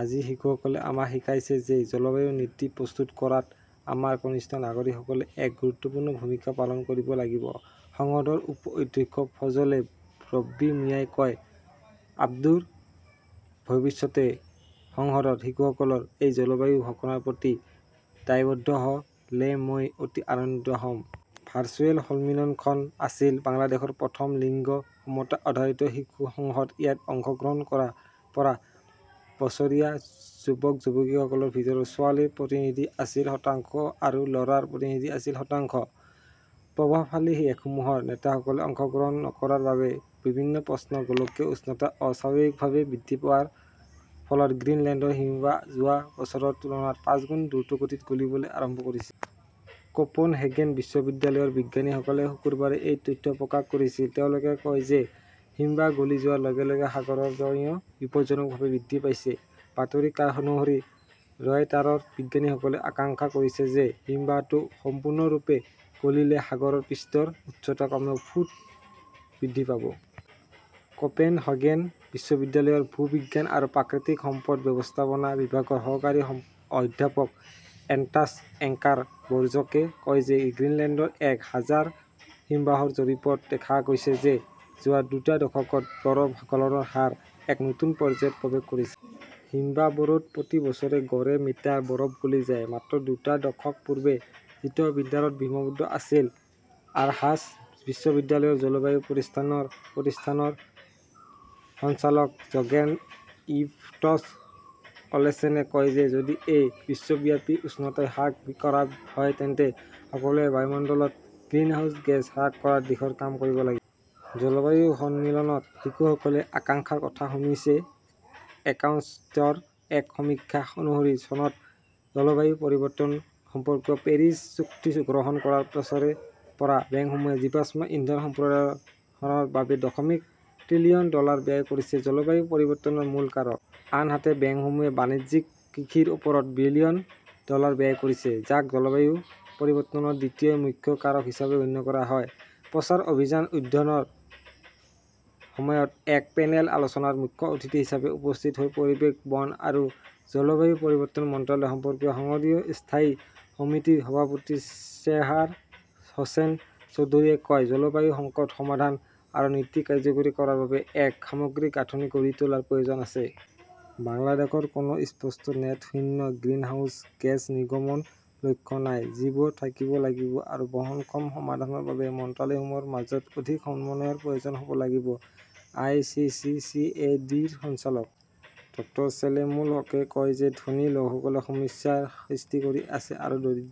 আজি শিশুসকলে আমাক শিকাইছে যে জলবায়ু নীতি প্ৰস্তুত কৰাত আমাৰ কনিষ্ঠ নাগৰিকসকলে এক গুৰুত্বপূৰ্ণ ভূমিকা পালন কৰিব লাগিব ", সংসদৰ উপ-অধ্যক্ষ ফজলে ৰব্বী মিয়াই কয়। অদূৰ ভৱিষ্যতে সংসদত শিশুসকলৰ এই জলবায়ু ঘোষণাৰ প্ৰতি দায়বদ্ধ হ "লে মই অতি আনন্দিত হ" ম। ভাৰ্চুৱেল সন্মিলনখন আছিল বাংলাদেশৰ প্ৰথম লিংগ-সমতা-আধাৰিত শিশু সংসদ। ইয়াত অংশগ্ৰহণ কৰা ৰ পৰা বছৰীয়া যুৱক-যুৱতীসকলৰ ভিতৰত ছোৱালীৰ প্ৰতিনিধি আছিল শতাংশ আৰু ল "ৰাৰ প্ৰতিনিধি আছিল শতাংশ। প্ৰভাৱশালী দেশসমূহৰ নেতাসকলে অংশগ্ৰহণ নকৰাৰ বাবে বিভিন্ন প্ৰশ্ন গোলকীয় উষ্ণতা অস্বাভাৱিকভাৱে বৃদ্ধি পোৱাৰ ফলত গ্ৰীণলেণ্ডৰ হিমবাহ যোৱা বছৰৰ তুলনাত পাঁচগুণ দ্ৰুতগতিত গলিবলৈ আৰম্ভ কৰিছে। কোপনহেগেন বিশ্ববিদ্যালয়ৰ বিজ্ঞানীসকলে শুকুৰবাৰে এই তথ্য প্ৰকাশ কৰিছিল। তেওঁলোকে কয় যে হিমবাহ গলি যোৱাৰ লগে লগে সাগৰৰ পানীও বিপদজনকভাৱে বৃদ্ধি পাইছে। বাতৰি অনুসৰি ৰয়টাৰৰ বিজ্ঞানীসকলে আশংকা কৰিছে যে এই হিমবাহটো সম্পূৰ্ণৰূপে গলিলে সাগৰৰ পৃষ্ঠৰ উচ্চতা কমেও ফুট বৃদ্ধি পাব। কোপেন হেগেন বিশ্ববিদ্যালয়ৰ ভূবিজ্ঞান আৰু প্ৰাকৃতিক সম্পদ ব্যৱস্থাপনা বিভাগৰ সহকাৰী অধ্যাপক এণ্ডাৰ্ছ এঙ্কাৰ বজৰ্কে কয় যে গ্ৰীণলেণ্ডৰ এক হাজাৰ হিমবাহৰ জৰীপত দেখা গৈছে যে যোৱা দুটা দশকত বৰফ গলনৰ হাৰ এক নতুন পৰ্যায়ত প্ৰৱেশ কৰিছে। হিমবাহবোৰত প্ৰতি বছৰে গড়ে মিটাৰ বৰফ গলি যায়। মাত্ৰ দুটা দশক পূৰ্বে যিটো মিটাৰত সীমাবদ্ধ আছিল। আৰহাছ বিশ্ববিদ্যালয়ৰ জলবায়ু প্ৰতিষ্ঠানৰ প্ৰতিষ্ঠানৰ সঞ্চালক জৰ্গেন ইভইণ্ড ওলেছেনে কয় যে যদি এই বিশ্বব্যাপী উষ্ণতা হ্ৰাস কৰা হয় তেন্তে সকলোৱে বায়ুমণ্ডলত গ্ৰিনহাউজ গেছ হ্ৰাস কৰাৰ দিশত কাম কৰিব লাগিব। জলবায়ু সন্মিলনত শিশুসকলে আশংকাৰ কথা শুনিছে একশ্যনএইডৰ এক সমীক্ষা অনুসৰি, চনত জলবায়ু পৰিৱৰ্তন সম্পৰ্কীয় পেৰিছ চুক্তি গ্ৰহণ কৰাৰ পিছৰে পৰা বেংকসমূহে জীৱাশ্ম ইন্ধন সম্প্ৰসাৰণৰ বাবে দশমিক ত্ৰিলিয়ন ডলাৰ ব্যয় কৰিছে-জলবায়ু পৰিৱৰ্তনৰ মূল কাৰক। আনহাতে, বেংকসমূহে বাণিজ্যিক কৃষিৰ ওপৰত বিলিয়ন ডলাৰ ব্যয় কৰিছে, যাক জলবায়ু পৰিৱৰ্তনৰ দ্বিতীয় মুখ্য কাৰক হিচাপেও গণ্য কৰা হয়। প্ৰচাৰ অভিযান উদ্বোধনৰ সময়ত এক পেনেল আলোচনাত মুখ্য অতিথি হিচাপে উপস্থিত হৈ পৰিৱেশ, বন আৰু জলবায়ু পৰিৱৰ্তন মন্ত্ৰালয় সম্পৰ্কীয় সংসদীয় স্থায়ী সমিতিৰ সভাপতি চেবাৰ হোসেন চৌধুৰীয়ে কয়, "জলবায়ু সংকট সমাধান আৰু নীতি কাৰ্যকৰী কৰাৰ বাবে এক সামগ্ৰিক গাঁথনি গঢ়ি তোলাৰ প্ৰয়োজন আছে। বাংলাদেশৰ কোনো স্পষ্ট নেট শূন্য গ্ৰীণহাউছ গেছ নিৰ্গমন লক্ষ্য নাই, যিবোৰ থাকিব লাগিব আৰু বহনক্ষম সমাধানৰ বাবে মন্ত্ৰালয়সমূহৰ মাজত অধিক সমন্বয়ৰ প্ৰয়োজন হ 'ব লাগিব। I. C. C. C. A. D. -ৰ সঞ্চালক ড চেলেমুল হকই কয় যে ধনী লোকসকলে সমস্যাৰ সৃষ্টি কৰি আছে আৰু দৰিদ্ৰ